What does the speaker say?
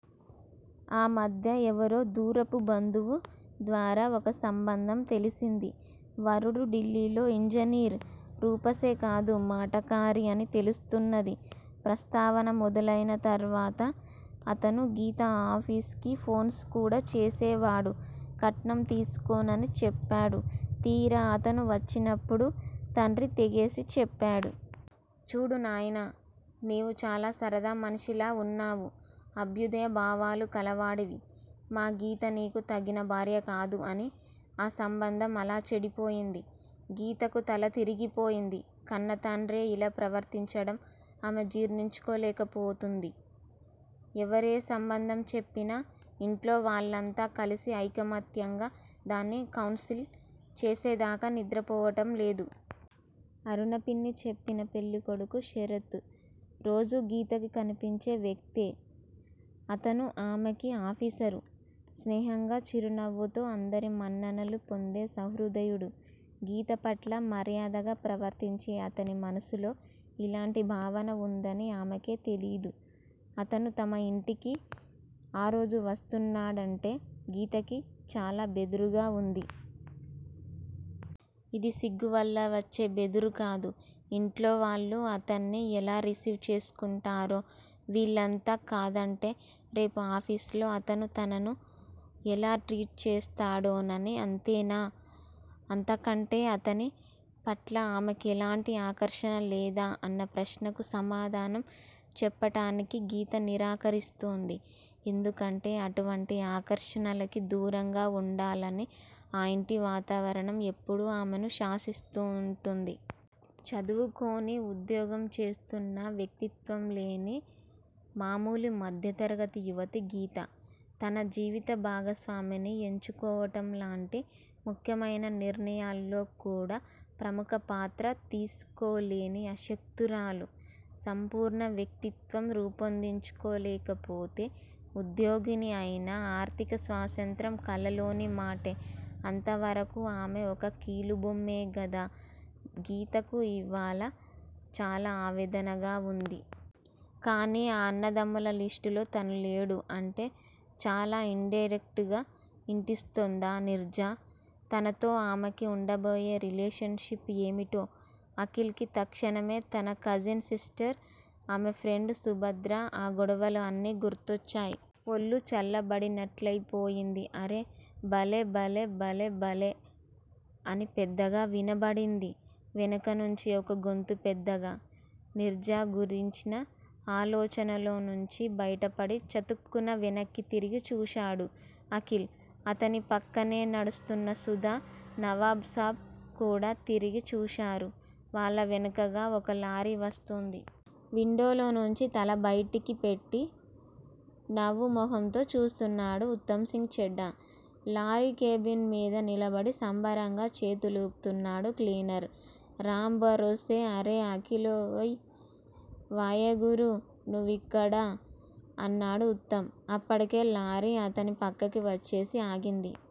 ఆ మధ్య ఎవరో దూరపు బంధువు ద్వారా ఒక సంబంధం తెలిసింది. వరుడు ఢిల్లీలో ఇంజనీర్. రూపసే కాదు మాటకారి అని తెలుస్తున్నది. ప్రస్తావన మొదలయిన తర్వాత అతను గీత ఆఫీసుకి ఫోన్స్ కూడా చేసేవాడు. కట్నం తీసుకోననీ చెప్పాడు. తీరా అతను వచ్చినపుడు తండ్రి తెగేసి చెప్పాడు. చూడు నాయనా! నీవు చాలా సరదా మనిషిలా ఉన్నావు. అభ్యుదయ భావాలు కలవాడివి. మా గీత నీకు తగిన భార్య కాదు అని! ఆ సంబంధం అలా చెడిపోయింది. గీతకు తల తిరిగిపోయింది. కన్నతండ్రే ఇలా ప్రవర్తించడం ఆమె జీర్ణించుకోలేకపోతోంది. ఎవరే సంబంధం చెప్పినా ఇంట్లో వాళ్ళంతా కలిసి ఐకమత్యంగా దాన్ని కాన్సిల్ చేసేదాకా నిద్రపోవటంలేదు. అరుణ పిన్ని చెప్పిన పెళ్ళికొడుకు శరత్ రోజూ గీతకు కన్పించే వ్యక్తే. అతను ఆమెకి ఆఫీసర్. స్నేహంగా చిరునవ్వుతో అందరి మన్ననలూ పొందే సహృదయుడు. గీత పట్ల మర్యాదగా ప్రవర్తించే అతని మనస్సులో ఇలాంటి భావన ఉందని ఆమెకే తెలీదు. అతను తమ ఇంటికి ఆరోజు వస్తున్నాడంటే గీతకి చాలా బెదురుగా ఉంది. ఇది సిగ్గువల్ల వచ్చే బెదురు కాదు. ఇంట్లోవాళ్ళు అతన్ని ఎలా రిసీవ్ చేసుకుంటారో! వీళ్ళంతా కాదంటే రేపు ఆఫీసులో అతను తనను ఎలా ట్రీట్ చేస్తాడోననే! అంతేనా! అంతకంటే అతని పట్ల ఆమెకెలాంటి ఆకర్షణ లేదా? అన్న ప్రశ్నకు సమాధానం చెప్పటానికి గీత నిరాకరిస్తుంది. ఎందుకంటే అటువంటి ఆకర్షణలకి దూరంగా ఉండాలని ఆ ఇంటి వాతావరణం ఎప్పుడూ ఆమెను శాసిస్తుంటుంది. చదువుకొని ఉద్యోగం చేస్తున్నా వ్యక్తిత్వంలేని మామూలు మధ్యతరగతి యవతి గీత. తన జీవిత భాగస్వామిని ఎంచుకోవటంలాంటి ముఖ్యమైన నిర్ణయాల్లో కూడా ప్రముఖ పాత్ర తీసుకోలేని అశక్తురాలు. సంపూర్ణ వ్యక్తిత్వం రూపొందించుకోలేకపోతే ఉద్యోగిని అయినా ఆర్ధికస్వాతంత్ర్యం కలలోని మాటే. అంతవరకూ ఆమె ఒక కీలుబొమ్మే గదా! గీతకు ఇవ్వాళ చాలా ఆవేదనగా ఉంది. కానీ ఆ అన్నదమ్ముల లిస్టులో తను లేడు! అంటే చాలా ఇన్ డైరెక్ట్ గా హింట్ యిస్తోందా నీర్జా! తనతో ఆమెకి ఉండబోయే రిలేషన్ షిప్ ఏమిటో? అఖిల్ కి తక్షణం తన కజిన్ సిస్టరు, ఆమె ఫ్రెండు, సుభద్ర, ఆ గొడవలు అన్నీ గుర్తొచ్చాయి. ఒళ్ళు చల్లబడినట్లయిపోయింది. అరె! బలెబలెబలెబలే! అని పెద్దగా వినబడింది వెనకనుంచి ఒక గొంతు పెద్దగా! నీర్జా గురించిన ఆలోచనల్లోనుంచి బయటపడి, చతుక్కున వెనక్కి తిరిగి చూశాడు అఖిల్. అతని ప్రక్కనే నడుస్తున్న సుధా, నవాబ్ సాబ్ కూడా తిరిగి చూశారు. వాళ్ళ వెనకగా ఒక లారీ వస్తోంది. విండోలో నుంచి తల బయటికి పెట్టి నవ్వు మొహంతో చూస్తున్నాడు ఉత్తమ్ సింగ్ చెడ్డా. లారీ కేబిన్ మీద నిలబడి సంబరంగా చేతులు వూపుతున్నాడు క్లీనరు రాంభరోసే. అరె అఖీలోయ్! వాహె గురూ! నువ్విక్కడా? అన్నాడు ఉత్తమ్. అప్పటికే లారీ అతని ప్రక్కకి వచ్చేసి ఆగింది.